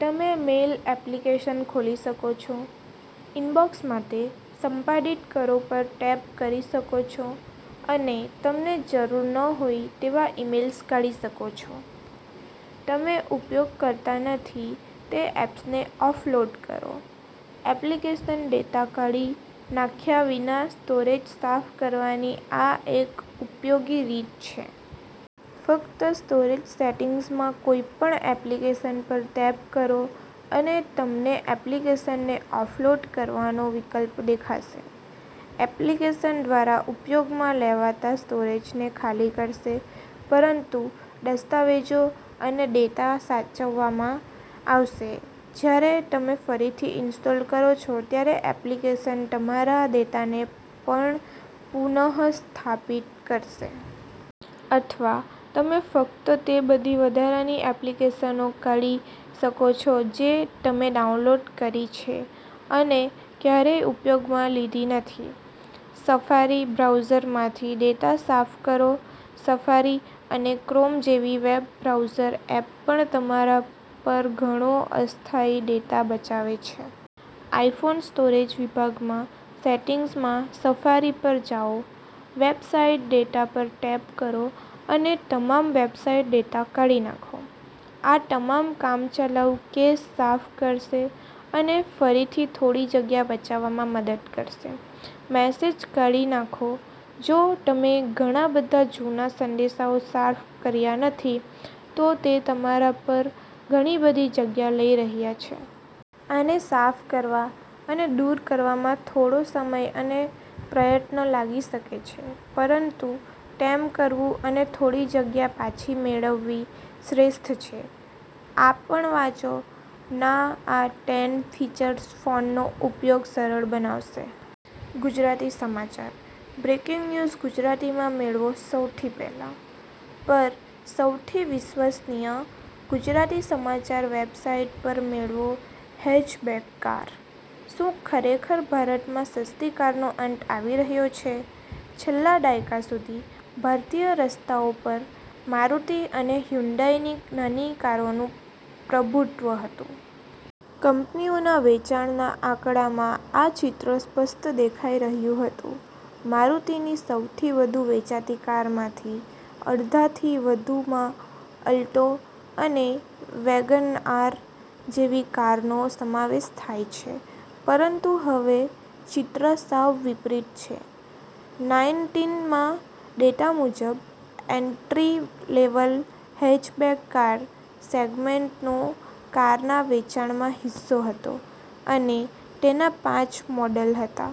તમે mail application ખોલી શકો છો, ઇનબૉક્સ માટે સંપાદિત કરો પર ટેપ કરી શકો છો અને તમને જરૂર ન હોય તેવા ઇમેઇલ્સ કાઢી શકો છો. તમે ઉપયોગ કરતા નથી તે એપ્સને ઓફલોડ કરો, એપ્લિકેશન ડેટા કાઢી નાખ્યા વિના સ્ટોરેજ સાફ કરવાની આ એક ઉપયોગી રીત છે. ફક્ત સ્ટોરેજ સેટિંગ્સમાં કોઈપણ એપ્લિકેશન પર ટેપ કરો અને તમને એપ્લિકેશનને ઓફલોડ કરવાનો વિકલ્પ દેખાશે. એપ્લિકેશન દ્વારા ઉપયોગમાં લેવાતા સ્ટોરેજને ખાલી કરશે, પરંતુ દસ્તાવેજો અને ડેટા સાચવવામાં આવશે. જ્યારે તમે ફરીથી ઇન્સ્ટોલ કરો છો, ત્યારે એપ્લિકેશન તમારા ડેટાને પણ પુનઃસ્થાપિત કરશે. અથવા તમે ફક્ત તે બધી વધારાની એપ્લિકેશનો કાઢી શકો છો જે તમે ડાઉનલોડ કરી છે અને ક્યારેય ઉપયોગમાં લીધી નથી. સફારી બ્રાઉઝરમાંથી ડેટા સાફ કરો. સફારી અને ક્રોમ જેવી વેબ બ્રાઉઝર એપ પણ તમારા પર ઘણો અસ્થાયી ડેટા બચાવે છે. આઇફોન સ્ટોરેજ વિભાગમાં સેટિંગ્સમાં સફારી પર જાઓ. વેબસાઇટ ડેટા પર ટૅપ કરો અને તમામ વેબસાઇટ ડેટા કાઢી નાખો. આ તમામ કામચલાઉ કેશ સાફ કરશે અને ફરીથી થોડી જગ્યા બચાવવામાં મદદ કરશે. મેસેજ કાઢી નાખો:જો તમે ઘણા બધા જૂના સંદેશાઓ સાફ કર્યા નથી, તો તે તમારા પર ઘણી બધી જગ્યા લઈ રહ્યા છે. આને સાફ કરવા અને દૂર કરવામાં થોડો સમય અને પ્રયત્ન લાગી શકે છે, પરંતુ તેમ કરવું અને થોડી જગ્યા પાછી મેળવવી શ્રેષ્ઠ છે. આ પણ વાંચો, ના આ ટેન ફીચર્સ ફોનનો ઉપયોગ સરળ બનાવશે. ગુજરાતી સમાચાર, બ્રેકીંગ ન્યુઝ ગુજરાતીમાં મેળવો સોંથી પહેલા. પર, સૌથી વિશ્વસનીય ગુજરાતી સમાચાર વેબસાઇટ પર મેળવો હેચબેક કાર. શું ખરેખર ભારતમાં સસ્તી કારનો અંત આવી રહ્યો છે? છેલ્લા દાયકા સુધી, ભારતીય રસ્તાઓ પર મારુતિ અને હ્યુન્ડાઈની નાની કારોનું પ્રભુત્વ હતું. કંપનીઓના વેચાણના આંકડામાં આ ચિત્ર સ્પષ્ટ દેખાઈ રહ્યું હતું. મારુતિની સૌથી વધુ વેચાતી કારમાંથી અડધાથી વધુમાં અલ્ટો અને વેગનઆર જેવી કારનો સમાવેશ થાય છે. પરંતુ હવે ચિત્ર સાવ વિપરીત છે. નાઇન્ટીન માં, ડેટા મુજબ, એન્ટ્રી-લેવલ હેચબેક કાર સેગમેન્ટનો કારના વેચાણમાં હિસ્સો હતો, અને તેના પાંચ મોડલ હતા,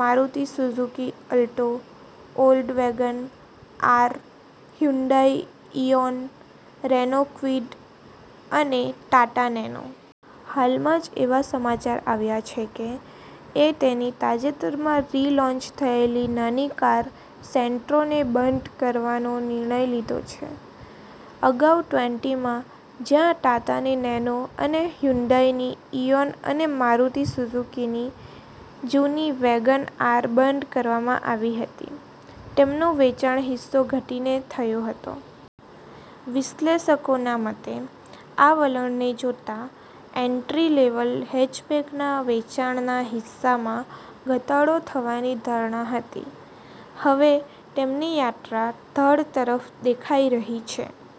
Maruti Suzuki Alto, old Wagon R, Hyundai Eon, Renault Kwid અને ટાટા નેનો. હાલમાં જ એવા સમાચાર આવ્યા છે કે એ તેની તાજેતરમાં રિલોન્ચ થયેલી નાની કાર સેન્ટ્રોને બંધ કરવાનો નિર્ણય લીધો છે. અગાઉ ટ્વેન્ટી માં, જ્યાં ટાટાની નેનો અને હ્યુન્ડાઈની ઇઓન અને મારુતિ સુઝુકીની જૂની વેગન આર બંધ કરવામાં આવી હતી, તેમનો વેચાણ હિસ્સો ઘટીને થયો હતો. વિશ્લેષકોના મતે, આ વલણને જોતાં, એન્ટ્રી-લેવલ હેચબેકના વેચાણના હિસ્સામાં ઘટાડો થવાની ધારણા હતી. હવે તેમની યાત્રા ઢાળ તરફ દેખાઈ રહી છે.